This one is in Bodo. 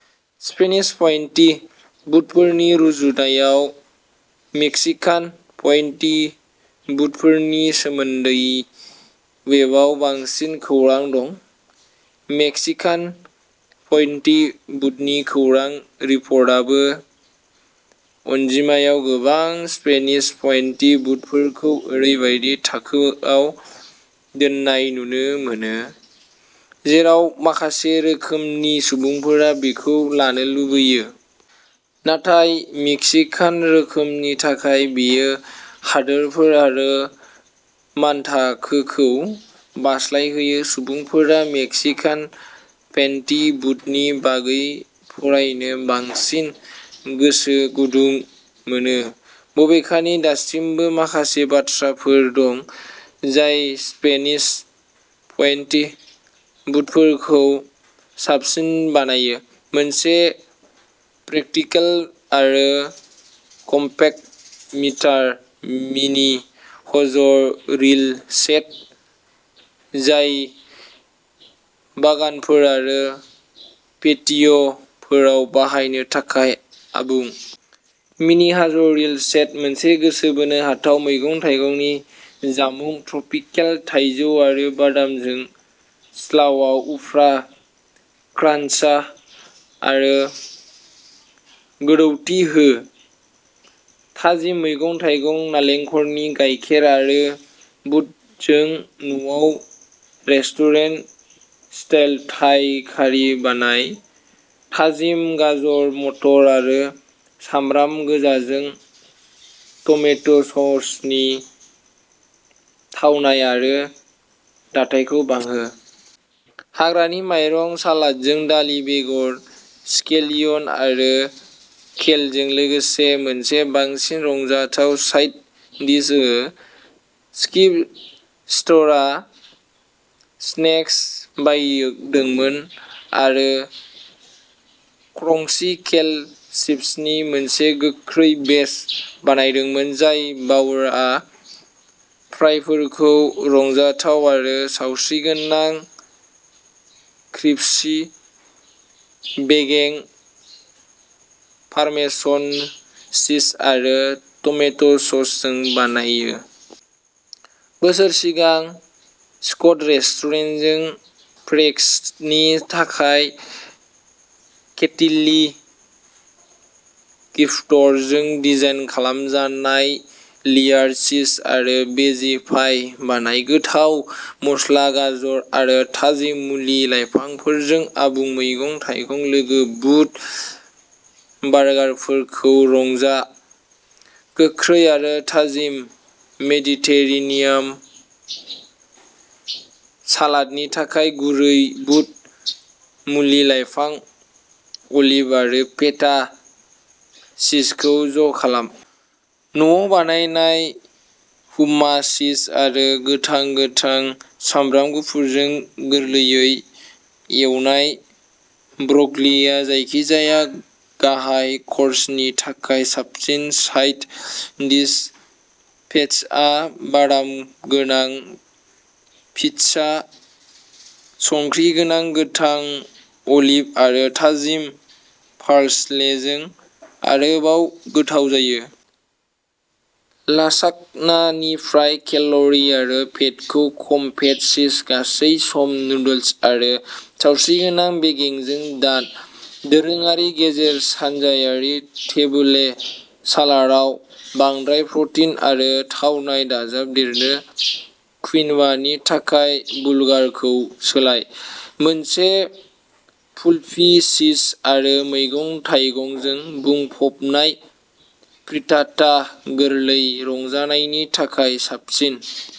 स्पेनिश पइन्टि बुटफोरनि रुजुनायाव मेक्सिकान पइन्टि बुटफोरनि सोमोन्दै वेबआव बांसिन खौरां दं। मेक्सिकान पइन्टि बुटनि खौरां रिपर्टआबो अनजिमायाव गोबां। स्पेनिस पइन्टि बुटफोरखौ ओरैबायदि थाखोआव दोननाय नुनो मोनो जेराव माखासे रोखोमनि सुबुंफोरा बेखौ लानो लुबैयो। नाथाय मेक्सिकान रोखोमनि थाखाय बेयो हादोरफोर आरो मानथाखोखौ बारस्लायहोयो। सुबुंफोरा मेक्सिकान पइन्टि बुटनि बागै फरायनो बांसिन गोसो गुदुं मोनो। बबेखानि दासिमबो माखासे बाथ्राफोर दं जाय स्पेनिश पइन्टि बुटफोरखौ साबसिन बानायो। मोनसे प्रेकटिकल आरो कमपेक्ट मिटार मिनि ह'ज रिल सेट जाय बागानफोर आरो पेटिय'फोराव बाहायनो थाखाय आबुं। Mini hose reel set. मोनसे गोसो बोनो हाथाव मैगं-थाइगंनि जामुं। ट्रपिकेल थाइजौ आरो बादामजों स्लावआव उफ्रा क्रान्च आरो गोदैथि हो। थाजिम मैगं-थाइगं, नालेंखरनि गायखेर आरो टफुजों न'आव रेस्टुरेन्ट-स्टाइल थाइ कारि बानाय। थाजिम गाजर, मटर आरो सामब्राम गोजाजों टमेट'ससनि थावनाय आरो दाथायखौ बांहो। हाग्रानि माइरं सालादजों दालिम बेगर, स्केलियन आरो केलजों लोगोसे मोनसे बांसिन रंजाथाव साइड डिश हो। स्किप स्ट'रआ स्नेक्स बायदोंमोन आरो क्रंची केल चिप्सनि मोनसे गोख्रै बेच बानायदोंमोन। जय बाउरआ फ्राइफोरखौ रंजाथाव-आरो सावस्रिगोनां-क्रिस्पी बेगें, पार्मेसन चीज आरो टमेट'ससजों बानायो। बोसोर सिगां स्क'ट'रेस्टुरेन्टजों फ्रेस्क'नि थाखाय केथी ली गिफर्डजों डिजाइन खालामजानाय लेयार्ड चीज आरो भेजि पाइ बानाय। गोथाव मस्ला, गाजर आरो थाजिम मुलि-लाइफांफोरजों आबुं मैगं-थाइगं-लोगो बुद बार्गारफोरखौ रंजा। गोख्रै आरो थाजिम मेडिटेरेनियान सालादनि थाखाय गुरै बुद, मुलि-लाइफां, अलिभ आरो फेटा चीजखौ ज'खालाम। न'आव बानायनाय हुमास चीज आरो गोथां गोथां। सामब्राम गुफुरजों गोरलैयै एवनाय ब्रक'लीआ जायखिजाया गाहाय कर्सनि थाखाय साबसिन साइड डिश। पेस्ट'आ बादाम गोनां पिस्ता, संख्रि गोनां गोथां अलिभ आरो थाजिम पार्सलेजों आरोबाव गोथाव जायो। लासाग्नानिफ्राय केल'रि आरो फेटखौ खम-फेट चीज, गासै-गम नुडल्स आरो सावस्रिगोनां बेगेंजों दान। दोरोङारि गेजेर सानजायारि टेबबुलेह सालादआव बांद्राय प्र'टिन आरो थावनाय दाजाबदेरनो क्विन'वानि थाखाय बुलगारखौ सोलाय। मोनसे फुलफि, चीज-आरो मैगं-थाइगंजों बुंफबनाय फ्रिटाटा गोरलै रंजानायनि थाखाय साबसिन।